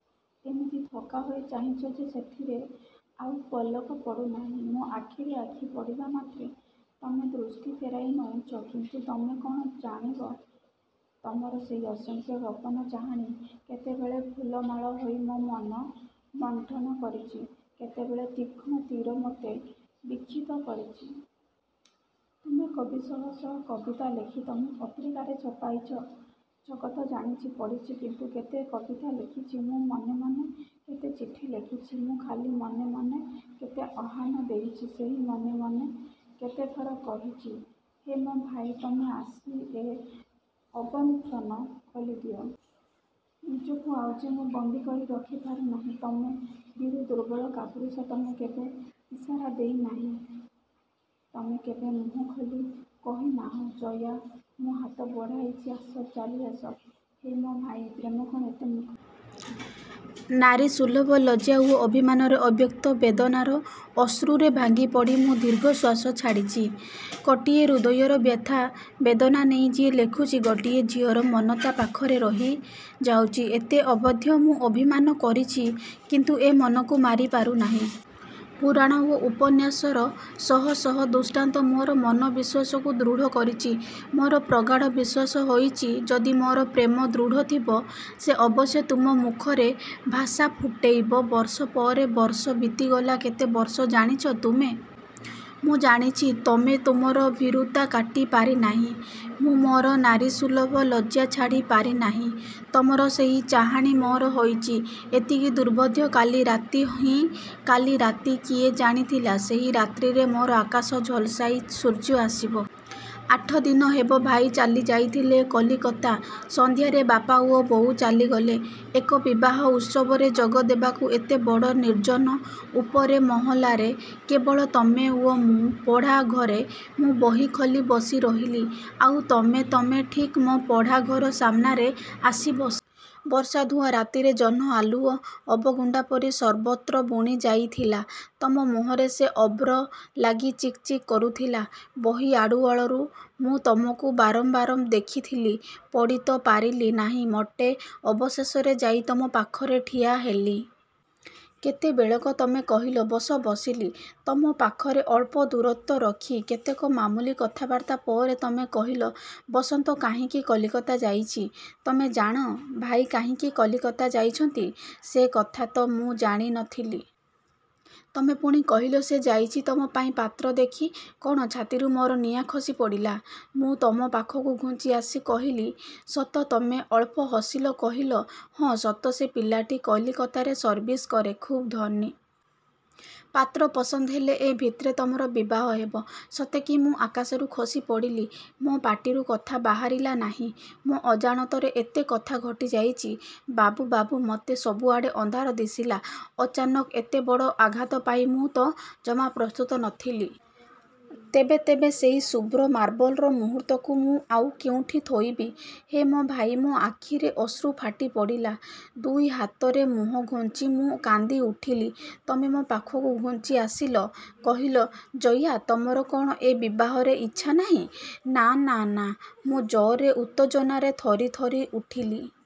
ଏମିତି ଥକ୍କା ହୋଇ ଚାହିଁଚ ଯେ ସେଥିରେ ଆଉ ପଲକ ପଡ଼ୁନାହିଁ। ମୋ ଆଖିରେ ଆଖି ପଡ଼ିବା ମାତ୍ରେ ତମେ ଦୃଷ୍ଟି ଫେରାଇ ନେଇଚ, କିନ୍ତୁ ତମେ କ'ଣ ଜାଣିବ, ତମର ସେହି ଅସଂଖ୍ୟ ଗୋପନ ଚାହାଣି କେତେବେଳେ ଫୁଲମାଳ ହୋଇ ମୋ ମନ ମଣ୍ଠନ କରିଚି, କେତେବେଳେ ତୀକ୍ଷ୍ଣ ତୀର ମତେ ବିକ୍ଷତ କରିଚି। ତମେ କବି। ଶହ ଶହ କବିତା ଲେଖି ତମେ ପତ୍ରିକାରେ ଛପାଇଚ। ଜଗତ ଜାଣିଚି, ପଢ଼ିଚି, କିନ୍ତୁ କେତେ କବିତା ଲେଖିଛି ମୁଁ ମନେ ମନେ। କେତେ ଚିଠି ଲେଖିଚି ମୁଁ ଖାଲି ମନେ ମନେ। କେତେ ଆହ୍ଵାନ ଦେଇଚି ସେହି ମନେ ମନେ। କେତେଥର କହିଚି ହେମଭାଇ, ତମେ ଆସି ଏ ଅବଗୁଣ୍ଠନ ଖୋଲିଦିଅ! ନିଜକୁ ଆଉ ଯେ ମୁଁ ବନ୍ଦୀ କରି ରଖି ପାରୁନାହିଁ। ତମେ ଭୀରୁ! ଦୁର୍ବଳ! କାପୁରୁଷ! ତମେ କେବେ ଇସାରା ଦେଇନାହଁ। ତମେ କେବେ ମୁହଁ ଖୋଲି କହିନାହଁ, "ଜୟା, ମୁଁ ହାତ ବଢ଼ାଇଚି, ଆସ, ଚାଲିଆସ।" ହେମ ଭାଇ, ପ୍ରେମ କ'ଣ ଏତେ ମୂ? ନାରୀସୁଲଭ ଲଜ୍ଜା ଓ ଅଭିମାନରେ, ଅବ୍ୟକ୍ତ ବେଦନାର ଅଶ୍ରୁରେ ଭାଙ୍ଗି ପଡ଼ି ମୁଁ ଦୀର୍ଘଶ୍ଵାସ ଛାଡ଼ିଛି। କୋଟିଏ ହୃଦୟର ବ୍ୟଥା ବେଦନା ନେଇ ଯିଏ ଲେଖୁଚି, ଗୋଟିଏ ଝିଅର ମନ ତା' ପାଖରେ ରହି ଯାଉଚି ଏତେ ଅବୋଧ୍ୟ? ମୁଁ ଅଭିମାନ କରିଛି; କିନ୍ତୁ ଏ ମନକୁ ମାରି ପାରୁନାହିଁ। ପୁରାଣ ଓ ଉପନ୍ୟାସର ଶହ ଶହ ଦୃଷ୍ଟାନ୍ତ ମୋର ମନ ବିଶ୍ୱାସକୁ ଦୃଢ଼ କରିଚି। ମୋର ପ୍ରଗାଢ଼ ବିଶ୍ଵାସ ହୋଇଚି ଯଦି ମୋର ପ୍ରେମ ଦୃଢ଼ ଥିବ, ସେ ଅବଶ୍ୟ ତୁମ ମୁଖରେ ଭାଷା ଫଟେଇବ। ବର୍ଷ ପରେ ବର୍ଷ ବିତିଗଲା। କେତେ ବର୍ଷ? ଜାଣିଚ ତୁମେ? ମୁଁ ଜାଣିଛି। ତମେ ତମର ଭୀରୁତା କାଟି ପାରିନାହିଁ। ମୁଁ ମୋର ନାରୀସୁଲଭ ଲଜ୍ଜା ଛାଡ଼ି ପାରିନାହିଁ। ତମର ସେହି ଚାହାଣି ମୋର ହୋଇଛି ଏତିକି ଦୂର୍ବୋଧ୍ୟ୍ୟ। କାଲି ରାତି? ହଁ, କାଲି ରାତି, କିଏ ଜାଣିଥିଲା, ସେହି ରାତ୍ରିରେ ମୋର ଆକାଶ ଝଲସାଇ ସୂର୍ଯ୍ୟ ଆସିବ। ଆଠଦିନ ହେବ ଭାଇ ଚାଲି ଯାଇଥିଲେ କଲିକତା। ସନ୍ଧ୍ୟାରେ ବାପା ଓ ବୋଉ ଚାଲିଗଲେ ଏକ ବିବାହ ଉତ୍ସବରେ ଯୋଗ ଦେବାକୁ। ଏତେ ବଡ଼ ନିର୍ଜନ ଉପରେ ମହଲାରେ କେବଳ ତମେ ଓ ମୁଁ। ପଢ଼ା ଘରେ ମୁଁ ବହି ଖୋଲି ବସି ରହିଲି। ଆଉ ତମେ ତମେ ଠିକ୍ ମୋ ପଢ଼ା ଘର ସାମ୍ନାରେ ଆସି ବ। ବର୍ଷା ଧୂଆ ରାତିରେ, ଜହ୍ନ ଆଲୁଅ ଅଭଗୁଣ୍ଡା ପରି ସର୍ବତ୍ର ବୁଣି ଯାଇଥିଲା। ତମ ମୁହଁରେ ସେ ଅଭ୍ର ଲାଗି ଚିକ୍ ଚିକ୍ କରୁଥିଲା। ବହି ଆଢ଼ୁଆଳରୁ ମୁଁ ତମକୁ ବାରମ୍ବାର ଦେଖିଥିଲି। ପଢ଼ି ତ ପାରିଲି ନାହିଁ ମୋଟେ। ଅବଶେଷରେ ଯାଇ ତମ ପାଖରେ ଠିଆ ହେଲି। କେତେବେଳକେ ତମେ କହିଲ, "ବସ!" ବସିଲି ତମ ପାଖରେ, ଅଳ୍ପ ଦୂରତ୍ଵ ରଖି। କେତେକ ମାମୁଲି କଥାବାର୍ତ୍ତା ପରେ ତମେ କହିଲ, "ବସନ୍ତ କାହିଁକି କଲିକତା ଯାଇଚି ତମେ ଜାଣ?" ଭାଇ କାହିଁକି କଲିକତା ଯାଇଛନ୍ତି ସେ କଥା ତ ମୁଁ ଜାଣି ନ ଥିଲି। ତମେ ପୁଣି କହିଲ "ସେ ଯାଇଚି ତମ ପାଇଁ ପାତ୍ର ଦେଖି!" କ'ଣ? ଛାତିରୁ ମୋର ନିଆଁ ଖସିପଡ଼ିଲା। ମୁଁ ତମ ପାଖକୁ ଘୁଞ୍ଚି ଆସି କହିଲି, "ସତ?" ତମେ ଅଳ୍ପ ହସିଲ। କହିଲ, "ହଁ, ସତ, ସେ ପିଲାଟି କଲିକତାରେ ସର୍ଭିସ କରେ। ଖୁବ୍ ଧନୀ। ପାତ୍ର ପସନ୍ଦ ହେଲେ ଏ ଭିତରେ ତମର ବିବାହ ହେବ।" ସତେ କି ମୁଁ ଆକାଶରୁ ଖସି ପଡ଼ିଲି। ମୋ ପାଟିରୁ କଥା ବାହାରିଲା ନାହିଁ। ମୋ ଅଜାଣତରେ ଏତେ କଥା ଘଟି ଯାଇଚି? ଭାବୁ ଭାବୁ ମତେ ସବୁଆଡ଼େ ଅନ୍ଧାର ଦିଶିଲା, ଅଚାନକ ଏତେ ବଡ଼ ଆଘାତ ପାଇଁ ମୁଁ ତ ଜମା ପ୍ରସ୍ତୁତ ନ ଥିଲି! ତେବେ, ତେବେ ସେହି ଶୁଭ୍ର ମାର୍ବଲର ମୂର୍ତ୍ତିକୁ ମୁଁ ଆଉ କେଉଁଠି ଥୋଇବି ହେମଭାଇ? ମୋ ଆଖିରେ ଅଶ୍ରୁ ଫାଟି ପଡ଼ିଲା ଦୁଇ ହାତରେ ମୁହଁ ଗୁଞ୍ଜି ମୁଁ କାନ୍ଦି ଉଠିଲି। ତମେ ମୋ ପାଖକୁ ଘୁଞ୍ଚି ଆସିଲ, କହିଲ, "ଜୟା, ତମର କ'ଣ ଏ ବିବାହରେ ଇଚ୍ଛା ନାହିଁ?" "ନା ନା ନା!" ମୁଁ ଜୋରରେ, ଉତୋଜନାରେ ଥରି ଥରି ଉଠିଥିଲି।